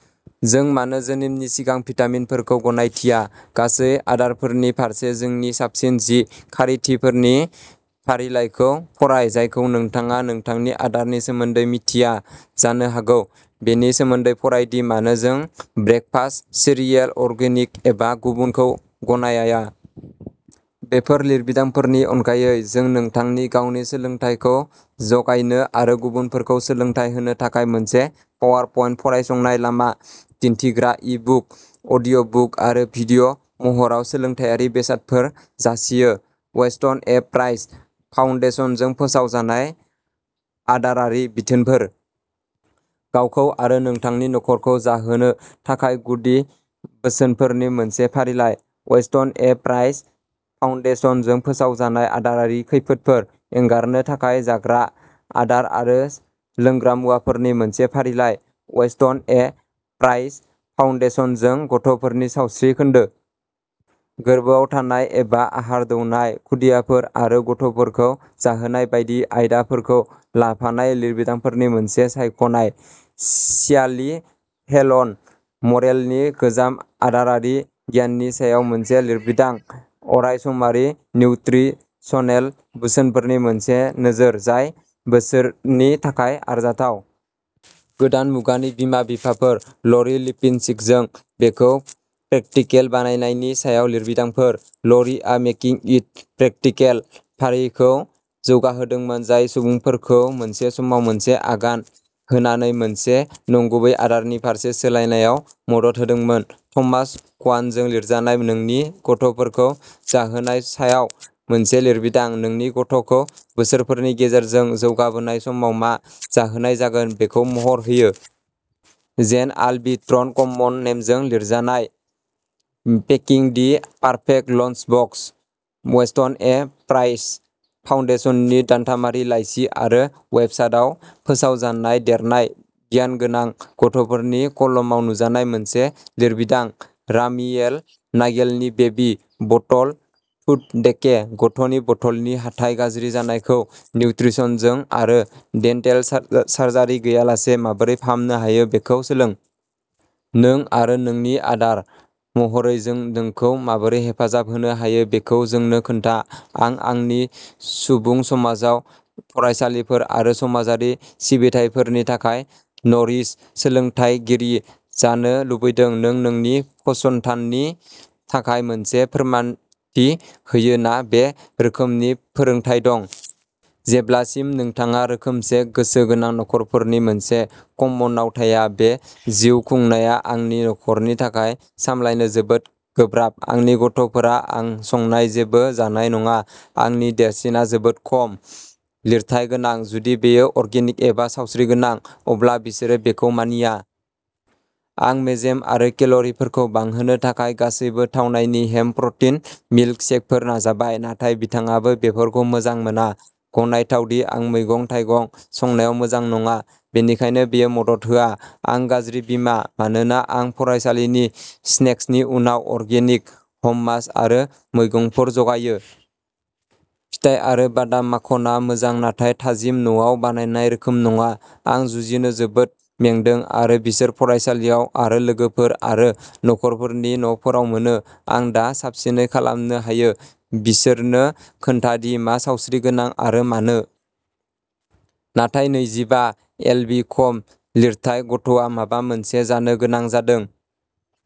जों मानो जोनोमनि सिगां भिटामिनफोरखौ गनायथिया, गासै आदारफोरनि फारसे जोंनि साबसिन जि खारिथिफोरनि फारिलाइखौ फराय जायखौ नोंथाङा नोंथांनि आदारनि सोमोन्दै मिथिया जानो हागौ। बेनि सोमोन्दै फराय दि मानो जों ब्रेकफास्ट सिरियेल, अर्गेनिक एबा गुबुनखौ गनायाया। बेफोर लिरबिदांफोरनि अनगायै जों नोंथांनि गावनि सोलोंथाइखौ जगायनो आरो गुबुनफोरखौ सोलोंथाय होनो थाखाय मोनसे पावारपइन्ट, फरायसंनाय लामा दिन्थिग्रा, इ-बुक, अडिअ'बुक आरो डिभिअ महराव सोलोंथायारि बेसादफोर जासियो। वेस्टन ए प्राइस फाउन्डेसनजों फोसावजानाय आदारारि बिथोनफोर। गावखौ आरो नोंथांनि नखरखौ जाहोनो थाखाय गुदि बोसोनफोरनि मोनसे फारिलाइ। वेस्टन ए प्राइस फाउन्डेसनजों फोसावजानाय आदारारि खैफोदफोर। एंगारनो थाखाय जाग्रा आदार आरो लोंग्रा मुवाफोरनि मोनसे फारिलाइ। वेस्टन ए प्राइस फाउन्डेशनजों गथ'फोरनि सावस्रि खोन्दो। गोर्बोआव थानाय एबा आहार दौनाय, खुदियाफोर आरो गथ'फोरखौ जाहोनाय बायदि आयदाफोरखौ लाफानाय लिरबिदांफोरनि मोनसे सायख'नाय। स्यालि फेलन मरेलनि गोजाम आदारारि गियाननि सायाव मोनसे लिरबिदां अरायसमारि निउत्रिसनेल बोसोनफोरनि मोनसे नोजोर जाय बिसोरनि थाखाय आरजाथाव। गोदान मुगानि बिमा-बिफाफोर। ल'रि लिपिन्स्किजों बेखौ प्रेकटिकेल बानायनायनि सायाव लिरबिदांफोर। ल'रिआ "मेकिं इट प्रेकटिकेल" फारिखौ जौगाहोदोंमोन, जाय सुबुंफोरखौ मोनसे समाव मोनसे आगान होनानै मोनसे नंगुबै आदारनि फारसे सोलायनायाव मदद होदोंमोन। थमास कवानजों लिरजानाय नोंनि गथ'फोरखौ जाहोनाय सायाव मोनसे लिरबिदां, नोंनि गथ'खौ बोसोरफोरनि गेजेरजों जौगाबोनाय समाव मा जाहोनाय जागोन बेखौ महर होयो। जेन अलबिट्रन, कममन नेमजों लिरजानाय packing the perfect lunch box. Weston A. Price फाउन्डेशननि दानथामारि लाइसि आरो वेबसाइटआव फोसावजानाय देरनाय गियानगोनां गथ'फोरनि कलमाव नुजानाय मोनसे लिरबिदां। रामियेल नागेलनि बेबी बटल टूथ डेके। गथ'नि बथलनि हाथाइ गाज्रि जानायखौ निउत्रिसनजों आरो डेन्टेल सा सार्जारि गैयालासे माबोरै फाहामनो हायो बेखौ सोलों। नों आरो नोंनि आदार महरै जों नोंखौ माबोरै हेफाजाब होनो हायो बेखौ जोंनो खोन्था। आं आंनि सुबुं समाजाव फरायसालिफोर आरो समाजारि सिबिथाइफोरनि थाखाय "न'रिश" सोलोंथायगिरि जानो लुबैदों। नों नोंनि फसंथाननि थाखाय मोनसे फोरमानथि होयो ना बे रोखोमनि फोरोंथाय दं? जेब्लासिम नोंथाङा रोखोमसे गोसो गोनां नखरफोरनि मोनसे कम्मनआव थाया, बे जिउ खुंनाया आंनि नखरनि थाखाय सामलायनो जोबोद गोब्राब। आंनि गथ'फोरा आं संनाय जेबो जानाय नङा। आंनि देरसिनआ जोबोद खम लिरथाय गोनां। जुदि बेयो अर्गेनिक एबा सावस्रिगोनां, अब्ला बिसोरो बेखौ मानिया। आं मेजेम आरो केल'रिफोरखौ बांहोनो थाखाय गासैबो थावनायनि हेम्प प्र'टिन मिल्क शेकफोर नाजाबाय, नाथाय बिथाङाबो बेफोरखौ "मोजां मोना"। गनायथाव दि आं मैगं-थाइगं संनायाव मोजां नङा। बेनिखायनो बेयो मदद होआ। आं "गाज्रि" बिमा मानोना आं फरायसालिनि स्नेक्सनि उनाव अर्गेनिक हममास आरो मैगंफोर जगायो। फिथाइ आरो बादाम माखनआ मोजां नाथाय थाजिम न'आव बानायनाय रोखोम नङा। आं जुजिनो जोबोद मेंदों आरो बिसोर फरायसालियाव आरो लोगोफोर आरो नखरफोरनि न'फोराव मोनो। आं दा साबसिनै खालामनो हायो बिसोरनो खोन्थाना दि मा सावस्रिगोनां आरो मानो। नाथाय नैजिबा एलबि खम लिरथाय गथ'आ माबा मोनसे जानो गोनां जादों।